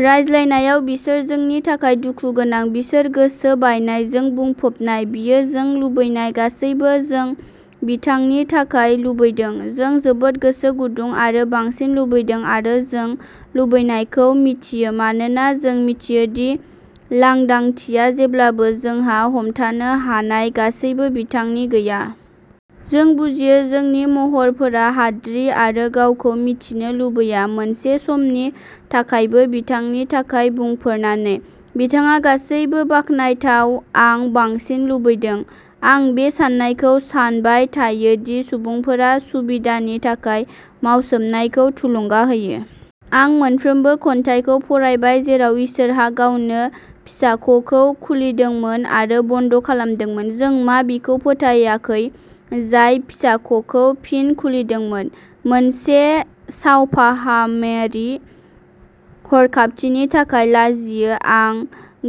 रायज्लायनायाव बिसोर जोंनि थाखाय दुखुगोनां बिसोर गोसो बायनायजों बुंफबनाय बियो जों लुबैनाय गासैबो जों बिथांनि थाखाय लुबैदों। जों जोबोद गोसो गुदुं आरो बांसिन लुबैदों आरो जों लुबैनायखौ मिथियो मानोना जों मिथियो दि लांदांथिया जेब्लाबो जोंहा हमथानो हानाय गासैबो बिथांनि गैया। जों बुजियो जोंनि महरफोरा हाद्रि आरो गावखौ मिथिनो लुबैया मोनसे समनि थाखायबो बिथांनि थाखाय बुंफोरनानै। बिथाङा गासैबो बाखनायथाव आं बांसिन लुबैदों। आं बे साननायखौ सानबाय थायो दि सुबुंफोरा सुबिदानि थाखाय मावसोमनायखौ थुलुंगा होयो। आं मोनफ्रोमबो खन्थाइखौ फरायबाय जेराव इसोरआ गावनो फिसाख'खौ खुलिदोंमोन आरो बन्द खालामदोंमोन। जों मा बिखौ फोथायाखै जाय फिसाख'खौ फिन खुलिदोंमोन मोनसे सावफाहामेरि हरखाबथिनि थाखाय लाजियो आं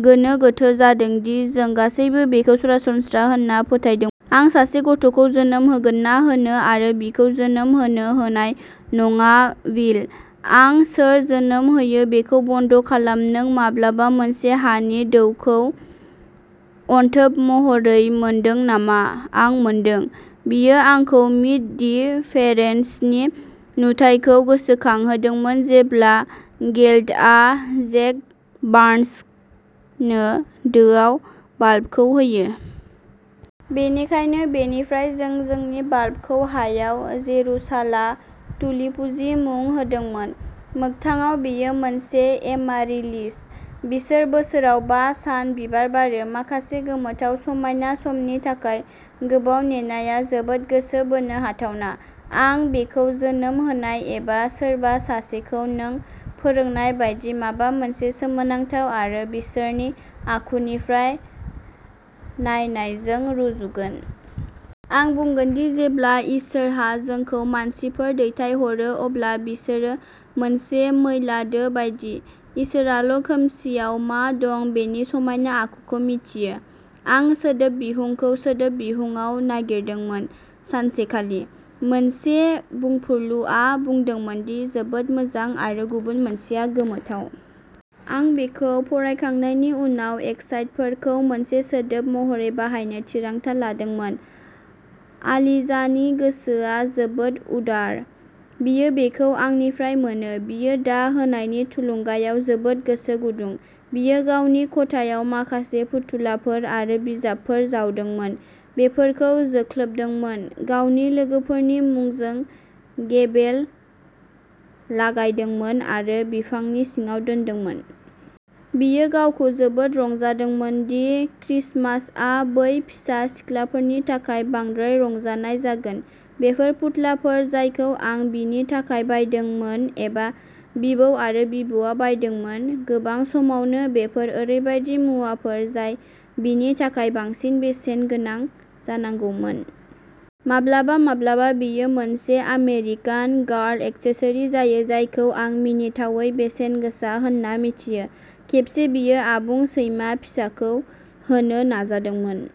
गोनो गोथो जादों दि जों गासैबो बेखौ सरासनस्रा होन्ना फोथायदोंमोन। आं सासे गथ'खौ जोनोम होगोन ना होनो आरो बिखौ जोनोम होनो होनाय नङा विल। आं सोर जोनोम होयो बेखौ बन्द खालाम नों माब्लाबा मोनसे हानि दोखौ अनथोब महरै मोनदों नामा? आं मोनदों। बेयो आंखौ मीट दि पेरेन्ट्सनि नुथायखौ गोसोखांहोदोंमोन जेब्ला गेलर्डआ जेक बार्न्स नो दोआव बाल्बखौ होयो। बेनिखायनो, बेनिफ्राय जों जोंनि बाल्बखौ हायाव जेरुसाला तुलिपुजि मुं होदोंमोन। मोगथाङाव, बेयो मोनसे एमारिलिस। बिसोर बोसोराव बा सान बिबार बारो। माखासे गोमोथाव समायना समनि थाखाय गोबाव नेनाया जोबोद गोसो बोनो हाथावना। आं बेखौ जोनोम होनाय एबा सोरबा सासेखौ नों फोरोंनाय बायदि माबा मोनसे सोमोनांथाव आरो बिसोरनि आखुनिफ्राय नायनायजों रुजुगोन। आं बुंगोनदि जेब्ला इसोरआ जोंखौ मानसिफोर दैथायहरो अब्ला बिसोरो मोनसे मैला दो बायदि। इसोराल'खोमसिआव मा दं बेनि समायना आखुखौ मिन्थियो। आं सोदोब बिहुंखौ सोदोब बिहुंआव नागिरदोंमोन। सानसेखालि। मोनसे बुंफुरलुआ बुंदोंमोन दि जोबोद मोजां आरो गुबुन मोनसेया गोमोथाव। आं बेखौ फरायखांनायनि उनाव एक्साइटफोरखौ मोनसे सोदोब महरै बाहायनो थिरांथा लादोंमोन। आलिजानि गोसोआ जोबोद उदार। बियो बेखौ आंनिफ्राय मोनो। बियो दा होनायनि थुलुंगायाव जोबोद गोसो गुदुं। बियो गावनि खथायाव माखासे फुथुलाफोर आरो बिजाबफोर जावदोंमोन, बेफोरखौ जोख्लोबदोंमोन, गावनि लोगोफोरनि मुंजों गेबेल लागायदोंमोन आरो बिफांनि सिङाव दोनदोंमोन। बियो गावखौ जोबोद रंजादोंमोन दि क्रिसमासआ बै फिसा सिख्लाफोरनि थाखाय बांद्राय रंजानाय जागोन। बेफोर फुथुलाफोर जायखौ आं बिनि थाखाय बायदोंमोन एबा बिबौ आरो बिबौआ बायदोंमोन। गोबां समावनो बेफोर ओरैबायदि मुवाफोर जाय बिनि थाखाय बांसिन बेसेन गोनां जानांगौमोन। माब्लाबा माब्लाबा बेयो मोनसे आमेरिकान गार्ल एक्सेसरी जायो जायखौ आं मिनिथावै बेसेन गोसा होन्ना मिथियो। खेबसे बियो आबुं सैमा फिसाखौ होनो नाजादोंमोन।